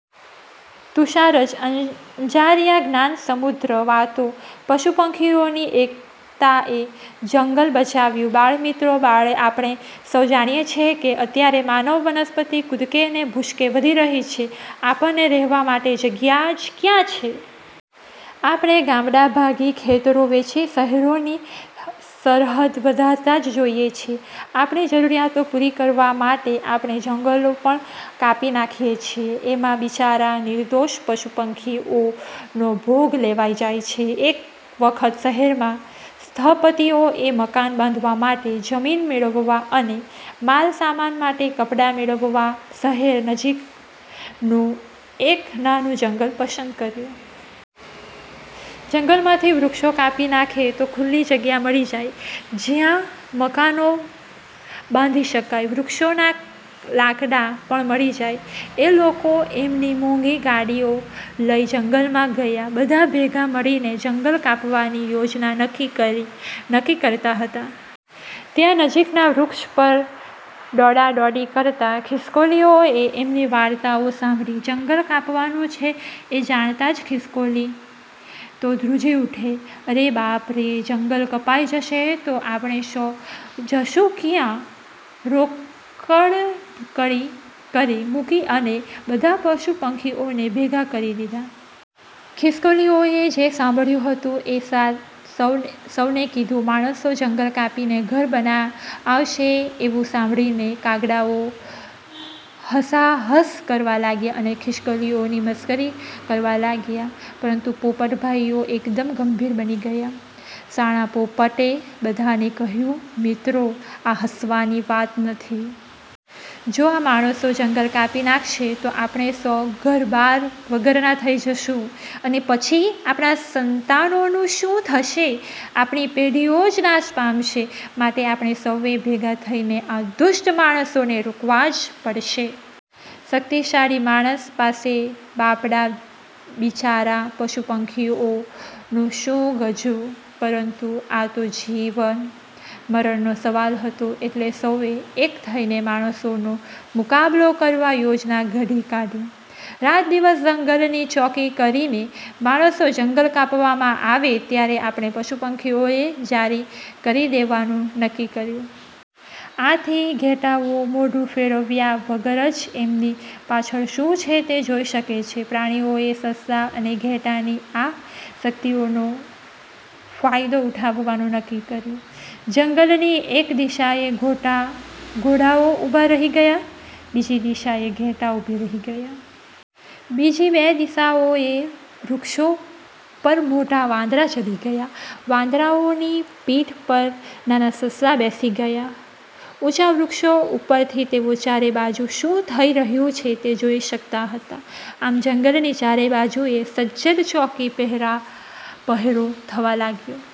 તુષાર જ. અંજારિયા જ્ઞાન સમૃદ્ધ વાતો પશુ-પંખીઓની એકતાએ જંગલ બચાવ્યું! બાળ મિત્રો, આપણે સૌ જાણીએ છીએ કે અત્યારે માનવ વસ્તી કૂદકે ને ભૂસકે વધી રહી છે. આપણને રહેવા માટે જગ્યા જ ક્યાં છે? આપણે ગામડાં ભાંગી, ખેતરો વેંચી શહેરોની સરહદ વધારતા જ જઈએ છીએ. આપણી જરૂરિયાતો પૂરી કરવા માટે આપણે જંગલો પણ કાપી નાખીએ છીએ એમાં બિચારાં નિર્દોષ પશુ-પંખીઓનો ભોગ લેવાઈ જાય છે. એક વખત શહેરના સ્થપતિઓએ મકાન બાંધવા માટે જમીન મેળવવા અને માલ સામાન માટે લાકડાં મેળવવા શહેર નજીકનું એક નાનું જંગલ પસંદ કર્યું. જંગલમાંથી વૃક્ષો કાપી નાખે તો ખુલ્લી જગ્યા મળી જાય જયાં મકાનો બાંધી શકાય. વૃક્ષોનાં લાકડાં પણ મળી જાય. એ લોકો એમની મોંઘી ગાડીઓ લઇ જંગલમાં ગયા. બધા ભેગા મળીને જંગલ કાપવાની યોજના નક્કી કરતા હતા. ત્યાં નજીકના વૃક્ષ પર દોડા દોડી કરતી ખિસકોલીઓએ એમની વાતો સાંભળી. જંગલ કપાવાનું છે એ જાણતાં જ ખિસકોલી તો ધ્રુજી ઉઠી. "અરે બાપ રે, જંગલ કપાઈ જશે તો આપણે સૌ જશું ક્યાં? " રોકકળ કરી મૂકી અને બધાં પશુ પંખીઓને ભેગાં કરી દીધાં. ખિસકોલીઓએ જે સાંભળ્યું હતું એ સૌને કીધું. માણસો જંગલ કાપીને ઘર બનાવશે એવું સાંભળીને કાગડાઓ હસા હસ કરવા લાગ્યા અને ખિસકોલીઓની મશ્કરી કરવા લાગ્યા. પરંતુ પોપટભાઈઓ એકદમ ગંભીર બની ગયા. શાણા પોપટે બધાંને કહ્યું, "મિત્રો, આ હસવાની વાત નથી. જો આ માણસો જંગલ કાપી નાંખશે તો આપણે સૌ ઘરબાર વગરના થઇ જઈશું અને પછી આપણા સંતાનોનું શું થશે? આપણી પેઢીઓ જ નાશ પામશે. માટે આપણે સૌએ ભેગાં થઈને આ દુષ્ટ માણસોને રોકવા જ પડશે. " શક્તિશાળી માણસ પાસે બાપડાં-બિચારાં પશુ પંખીઓનું શું ગજું? પરંતુ આ તો જીવન મરણનો સવાલ હતો એટલે સૌએ એક થઈને માણસોનો મુકાબલો કરવા યોજના ઘડી કાઢી. રાત દિવસ જંગલની ચોકી કરીને, માણસો જંગલ કાપવા આવે ત્યારે સૌ પશુ પંખીઓને જાણ કરી દેવાનું નક્કી કર્યું. આથી ઘેટાંઓ મોઢું ફેરવ્યા વગર જ એમની પાછળ શું છે તે જોઈ શકે છે. પ્રાણીઓએ સસલાં અને ઘેટાંની આ શક્તિઓનો ફાયદો ઉઠાવવાનું નક્કી કર્યું. જંગલની એક દિશાએ ઘોડાઓ ઉભા રહી ગયા. બીજી દિશાએ ઘેટાં ઊભાં રહી ગયાં. બીજી બે દિશાઓએ વૃક્ષો પર મોટા વાંદરા ચડી ગયા. વાંદરાઓની પીઠ પર નાનાં સસલાં બેસી ગયાં. ઊંચા વૃક્ષો પરથી તેઓ ચારે બાજુ શું થઇ રહ્યું છે તે જોઈ શકતા હતા. આમ જંગલની ચારે બાજુએ સજ્જડ ચોકી પહેરો થવા લાગ્યો.